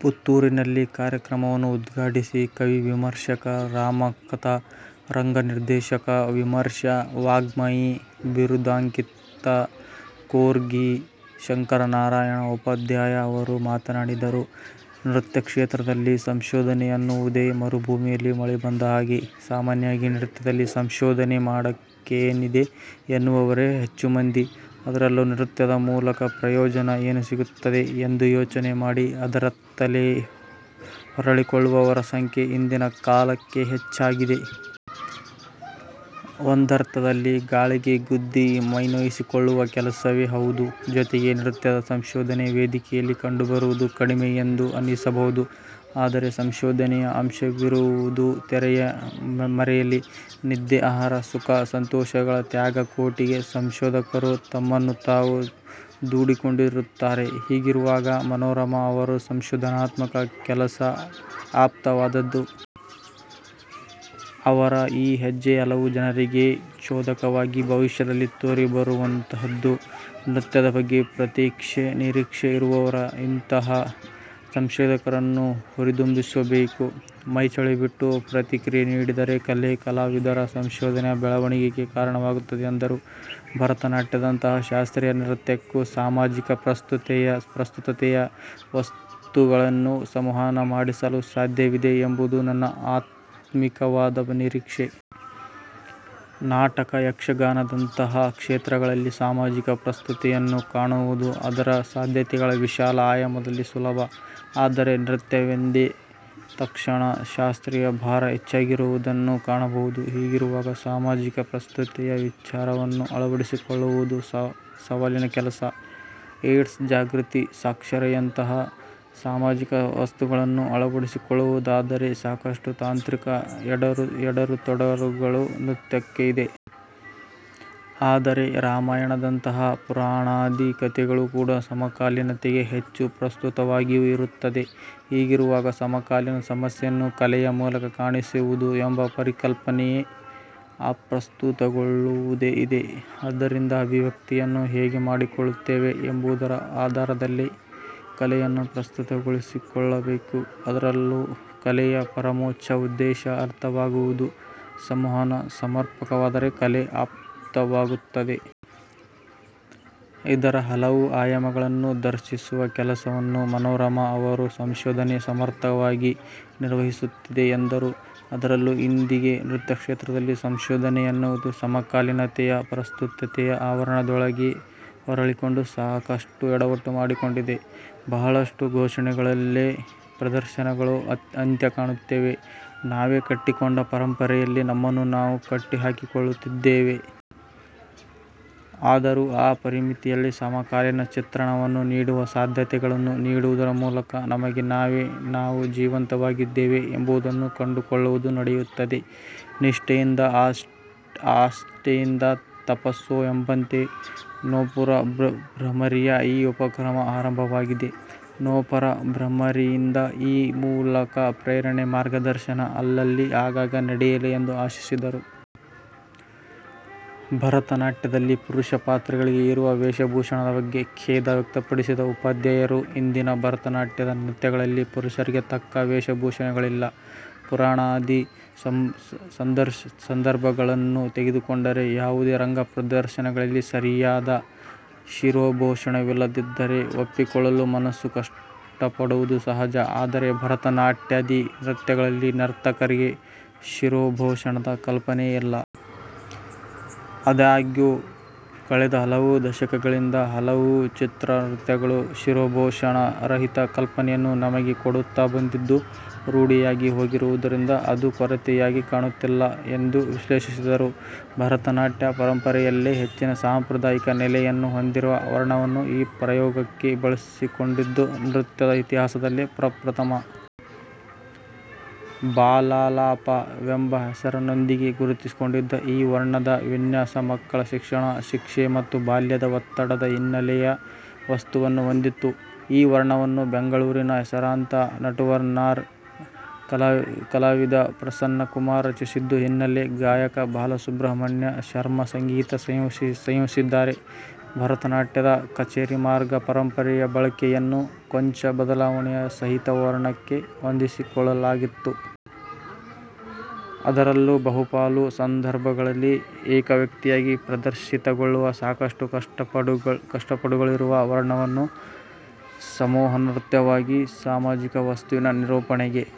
ಪುತ್ತೂರಿನಲ್ಲಿ ಕಾರ್ಯಕ್ರಮವನ್ನು ಉದ್ಘಾಟಿಸಿ ಕವಿ, ವಿಮರ್ಶಕ, 'ರಾಮಕಥಾ' ರಂಗನಿರ್ದೇಶಕ ವಿಮರ್ಶಾ ವಾಙ್ಮಯಿ ಬಿರುದಾಂಕಿತ ಕೊರ್ಗಿ ಶಂಕರನಾರಾಯಣ ಉಪಾಧ್ಯಾಯ ಅವರು ಮಾತನಾಡಿದರು. ನೃತ್ಯಕ್ಷೇತ್ರದಲ್ಲಿ ಸಂಶೋಧನೆ ಎನ್ನುವುದೇ ಮರುಭೂಮಿಯಲ್ಲಿ ಮಳೆ ಬಂದ ಹಾಗೆ. ಸಾಮನ್ಯವಾಗಿ ನೃತ್ಯದಲ್ಲಿ ಸಂಶೋಧನೆ ಮಾಡಲಿಕ್ಕೇನಿದೆ ಎನ್ನುವವರೇ ಹೆಚ್ಚು ಮಂದಿ. ಅದರಲ್ಲೂ ನೃತ್ಯದ ಮೂಲಕ ಪ್ರಯೋಜನ ಏನು ಸಿಗುತ್ತದೆ ಎಂದು ಯೋಚನೆ ಮಾಡಿ ಅದರತ್ತಲೇ ಹೊರಳಿಕೊಳ್ಳುವವರ ಸಂಖ್ಯೆ ಇಂದಿನ ಕಾಲಕ್ಕೆ ಹೆಚ್ಚಿಗಿದೆ. ಒಂದರ್ಥದಲ್ಲಿ ಗಾಳಿಗೆ ಗುದ್ದಿ ಮೈನೋಯಿಸಿಕೊಳ್ಳುವ ಕೆಲಸವೇ ಹೌದು. ಜೊತೆಗೆ ನೃತ್ಯದ ಸಂಶೋಧನೆ ವೇದಿಕೆಯಲ್ಲಿ ಕಂಡುಬರುವುದು ಕಡಿಮೆಯೆಂದು ಅನಿಸಬಹುದು. ಆದರೆ ಸಂಶೋಧನೆಯ ಅಂಶವಿರುವುದು ತೆರೆಯ ಮರೆಯಲಿ. ನಿದ್ದೆ, ಆಹಾರ, ಸುಖ ಸಂತೊಷಗಳ ತ್ಯಾಗಕೋಟಿಗೆ ಸಂಶೋಧಕರು ತಮ್ಮನ್ನು ತಾವು ದೂಡಿಕೊಂಡಿರುತ್ತಾರೆ. ಹೀಗಿರುವಾಗ ಮನೋರಮಾ ಅವರ ಸಂಶೋಧನಾತ್ಮಕ ಕೆಲಸ ಆಪ್ತವಾದದ್ದು. ಅವರ ಈ ಹೆಜ್ಜೆ ಹಲವು ಜನರಿಗೆ ಚೋದಕವಾಗಿ ಭವಿಷ್ಯದಲ್ಲಿ ತೋರಿಬರುವಂತದ್ದು. ನೃತ್ಯದ ಬಗ್ಗೆ ಪ್ರತೀಕ್ಷೆ, ನಿರೀಕ್ಷೆ ಇರುವವರು ಇಂತಹ ಸಂಶೋಧಕರನ್ನು ಹುರಿದುಂಬಿಸಬೇಕು. ಮೈಚಳಿ ಬಿಟ್ಟು ಪ್ರತಿಕ್ರಿಯೆ ನೀಡಿದರೆ ಕಲೆ, ಕಲಾವಿದರ, ಸಂಶೋಧನೆಯ ಬೆಳವಣಿಗೆಗೆ ಕಾರಣವಾಗುತ್ತದೆ ಎಂದರು. ಭರತನಾಟ್ಯದಂತಹ ಶಾಸ್ತ್ರೀಯ ನೃತ್ಯಕ್ಕೂ ಸಾಮಾಜಿಕ ಪ್ರಸ್ತುತತೆಯ ವಸ್ತುಗಳನ್ನು ಸಂವಹನ ಮಾಡಿಸಲು ಸಾಧ್ಯವಿದೆ ಎಂಬುದು ನನ್ನ ಆತ್ಮಿಕವಾದ ನಿರೀಕ್ಷೆ. ನಾಟಕ, ಯಕ್ಷಗಾನದಂತಹ ಕ್ಷೇತ್ರಗಳಲ್ಲಿ ಸಾಮಾಜಿಕ ಪ್ರಸ್ತುತತೆಯನ್ನು ಕಾಣುವುದು ಅದರ ಸಾಧ್ಯತೆಗಳ ವಿಶಾಲ ಆಯಾಮದಲ್ಲಿ ಸುಲಭ. ಆದರೆ ನೃತ್ಯವೆಂದ ತಕ್ಷಣ ಶಾಸ್ತ್ರೀಯ ಭಾರ ಹೆಚ್ಚಿಗಿರುವುದನ್ನು ಕಾಣಬಹುದು. ಹೀಗಿರುವಾಗ ಸಾಮಾಜಿಕ ಪ್ರಸ್ತುತತೆಯ ವಿಚಾರವನ್ನು ಅಳವಡಿಸಿಕೊಳ್ಳುವುದು ಸವಾಲಿನ ಕೆಲಸ. ಏಯ್ಡ್ಸ್ ಜಾಗೃತಿ, ಸಾಕ್ಷರತೆಯಂತಹ ಸಾಮಾಜಿಕ ವಸ್ತುಗಳನ್ನು ಅಳವಡಿಸಿಕೊಳ್ಳುವುದಾದರೆ ಸಾಕಷ್ಟು ತಾಂತ್ರಿಕ ಎಡರುತೊಡರುಗಳು ನೃತ್ಯಕ್ಕೆ ಇದೆ. ಆದರೆ ರಾಮಾಯಣದಂತಹ ಪುರಾಣಾದಿ ಕಥೆಗಳೂ ಕೂಡಾ ಸಮಕಾಲೀನತೆಗೆ ಹೆಚ್ಚು ಪ್ರಸ್ತುತವಾಗಿಯೂ ಇರುತ್ತದೆ. ಹೀಗಿರುವಾಗ ಸಮಕಾಲೀನ ಸಮಸ್ಯೆಯನ್ನು ಕಲೆಯ ಮೂಲಕ ಕಾಣಿಸುವುದು ಎಂಬ ಪರಿಕಲ್ಪನೆಯೇ ಅಪ್ರಸ್ತುತಗೊಳ್ಳುವುದೂ ಇದೆ. ಆದ್ದರಿಂದ ಅಭಿವ್ಯಕ್ತಿಯನ್ನು ಹೇಗೆ ಮಾಡಿಕೊಳ್ಳುತ್ತೇವೆ ಎಂಬುದರ ಆಧಾರದಲ್ಲೇ ಕಲೆಯನ್ನು ಪ್ರಸ್ತುತಗೊಳಿಸಿಕೊಳ್ಳಬೇಕು ಅದರಲ್ಲೂ ಕಲೆಯ ಪರಮೋಚ್ಛ ಉದ್ದೇಶ 'ಅರ್ಥವಾಗುವುದು'. ಸಂವಹನ ಸಮರ್ಪಕವಾದರೆ ಕಲೆ ಆಪ್ತವಾಗುತ್ತದೆ. ಇದರ ಹಲವು ಆಯಾಮಗಳನ್ನು ದರ್ಶಿಸುವ ಕೆಲಸವನ್ನು ಮನೋರಮಾ ಅವರ ಸಂಶೋಧನೆ ಸಮರ್ಥವಾಗಿ ನಿರ್ವಹಿಸುತ್ತಿದೆ ಎಂದರು. ಅದರಲ್ಲೂ ಇಂದಿಗೆ ನೃತ್ಯಕ್ಷೇತ್ರದಲ್ಲಿ ಸಂಶೋಧನೆ ಎನ್ನುವುದು ಸಮಕಾಲೀನತೆಯ ಪ್ರಸ್ತುತತೆಯ ಆವರಣದೊಳಗೆ ಹೊರಳಿಕೊಂಡು ಸಾಕಷ್ಟು ಎಡವಟ್ಟು ಮಾಡಿಕೊಂಡಿದೆ. ಬಹಳಷ್ಟು ಘೋಷಣೆಗಳಲ್ಲೇ ಪ್ರದರ್ಶನಗಳು ಅಂತ್ಯ ಕಾಣುತ್ತವೆ. ನಾವೇ ಕಟ್ಟಿಕೊಂಡ ಪರಂಪರೆಯಲ್ಲಿ ನಮ್ಮನ್ನು ನಾವು ಕಟ್ಟಿಹಾಕಿಕೊಳ್ಳುತ್ತಿದ್ದೇವೆ. ಆದರೂ ಆ ಪರಿಮಿತಿಯಲ್ಲಿ ಸಮಕಾಲೀನ ಚಿತ್ರಣವನ್ನು ನೀಡುವ ಸಾಧ್ಯತೆಗಳನ್ನು ನೀಡುವುದರ ಮೂಲಕ ನಮಗೆ ನಾವೇ 'ನಾವು ಜೀವಂತವಾಗಿದ್ದೇವೆ' ಎಂಬುದನ್ನು ಕಂಡುಕೊಳ್ಳುವುದು ನಡೆಯುತ್ತದೆ. ನಿಷ್ಠೆಯಿಂದ, ಆಸ್ಥೆಯಿಂದ, ತಪಸ್ಸೋ ಎಂಬಂತೆ ನೂಪುರ ಭ್ರಮರಿಯ ಈ ಉಪಕ್ರಮ ಆರಂಭವಾಗಿದೆ. ನೂಪುರ ಭ್ರಮರಿಯಿಂದ ಈ ಮೂಲಕ ಪ್ರೇರಣೆ, ಮಾರ್ಗದರ್ಶನ ಅಲ್ಲಲ್ಲಿ ಆಗಾಗ ನಡೆಯಲಿ ಎಂದು ಆಶಿಸಿದರು. ಭರತನಾಟ್ಯದಲ್ಲಿ ಪುರುಷ ಪಾತ್ರಗಳಿಗೆ ಇರುವ ವೇಷಭೂಷಣದ ಬಗ್ಗೆ ಖೇದ ವ್ಯಕ್ತಪಡಿಸಿದ ಉಪಾಧ್ಯಾಯರು ಇಂದಿನ ಭರತನಾಟ್ಯಾದಿ ನೃತ್ಯಗಳಲ್ಲಿ ಪುರುಷರಿಗೆ ತಕ್ಕ ವೇಷಭೂಷಣಗಳಿಲ್ಲ. ಪುರಾಣಾದಿ ಸಂದರ್ಭಗಳನ್ನು ತೆಗೆದುಕೊಂಡರೆ ಯಾವುದೇ ರಂಗ ಪ್ರದರ್ಶನಗಳಲ್ಲಿ ಸರಿಯಾದ ಶಿರೋಭೂಷಣವಿಲ್ಲದಿದ್ದರೆ ಒಪ್ಪಿಕೊಳ್ಳಲು ಮನಸ್ಸು ಕಷ್ಟಪಡುವುದು ಸಹಜ. ಆದರೆ ಭರತನಾಟ್ಯಾದಿ ನೃತ್ಯಗಳಲ್ಲಿ ನರ್ತಕರಿಗೆ ಶಿರೋಭೂಷಣದ ಕಲ್ಪನೆಯೇ ಇಲ್ಲ. ಆದಾಗ್ಯೂ ಕಳೆದ ಹಲವು ದಶಕಗಳಿಂದ ಹಲವು ಚಿತ್ರ, ನೃತ್ಯ, ಗಳು ಶಿರೋಭೂಷಣ ರಹಿತ ಕಲ್ಪನೆಯನ್ನೇ ನಮಗೆ ಕೊಡುತ್ತಾ ಬಂದಿದ್ದು; ರೂಢಿಯಾಗಿ ಹೋಗಿರುವುದರಿಂದ ಅದು ಕೊರತೆಯಾಗಿ ಕಾಣುತ್ತಿಲ್ಲ. ಎಂದು ವಿಶ್ಲೇಷಿಸಿದರು. ಭರತನಾಟ್ಯ ಪರಂಪರೆಯಲ್ಲೇ ಹೆಚ್ಚಿನ ಸಾಂಪ್ರ್ರದಾಯಿಕ ನೆಲೆಯನ್ನು ಹೊಂದಿರುವ ವರ್ಣವನ್ನು ಈ ಪ್ರಯೋಗಕ್ಕೆ ಬಳಸಿಕೊಂಡಿದ್ದು ನೃತ್ಯದ ಇತಿಹಾಸದಲ್ಲೇ ಪ್ರಪ್ರಥಮ. 'ಬಾಲಾಲಾಪ' ವೆಂಬ ಹೆಸರಿನೊಂದಿಗೆ ಗುರುತಿಸಿಕೊಂಡಿದ್ದ ಈ ವರ್ಣದ ವಿನ್ಯಾಸಮಕ್ಕಳ ಶಿಕ್ಷಣ, ಶಿಕ್ಷೆ ಮತ್ತು ಬಾಲ್ಯದ ಒತ್ತಡದ ಹಿನ್ನೆಲೆಯ ವಸ್ತುವನ್ನು ಹೊಂದಿತ್ತು. ಈ ವರ್ಣವನ್ನು ಬೆಂಗಳೂರಿನ ಹೆಸರಾಂತ ನಟುವನ್ನಾರ್ ಕಲಾವಿದ ಪ್ರಸನ್ನಕುಮಾರ್ ರಚಿಸಿದ್ದು; ಹಿನ್ನೆಲೆ ಗಾಯಕ ಬಾಲಸುಬ್ರಹ್ಮಣ್ಯ ಶರ್ಮ ಸಂಗೀತ ಸಂಯೋಜಿಸಿದ್ದಾರೆ. ಭರತನಾಟ್ಯದ ಕಛೇರಿಮಾರ್ಗ ಪರಂಪರೆಯ ಬಳಕೆಯನ್ನು ಕೊಂಚ ಬದಲಾವಣೆಯ ಸಹಿತ ವರ್ಣಕ್ಕೆ ಹೊಂದಿಸಿಕೊಳ್ಳಲಾಗಿತ್ತು. ಅದರಲ್ಲೂ ಬಹುಪಾಲು ಸಂದರ್ಭಗಳಲ್ಲಿ ಏಕವ್ಯಕ್ತಿಯಾಗಿ ಪ್ರದರ್ಶಿತಗೊಳ್ಳುವ ಸಾಕಷ್ಟು ಕಟ್ಟುಪಾಡುಗಳಿರುವ ವರ್ಣವನ್ನು ಸಮೂಹನೃತ್ಯವಾಗಿ, ಸಾಮಾಜಿಕ ವಸ್ತುವಿನ ನಿರೂಪಣೆಗೆ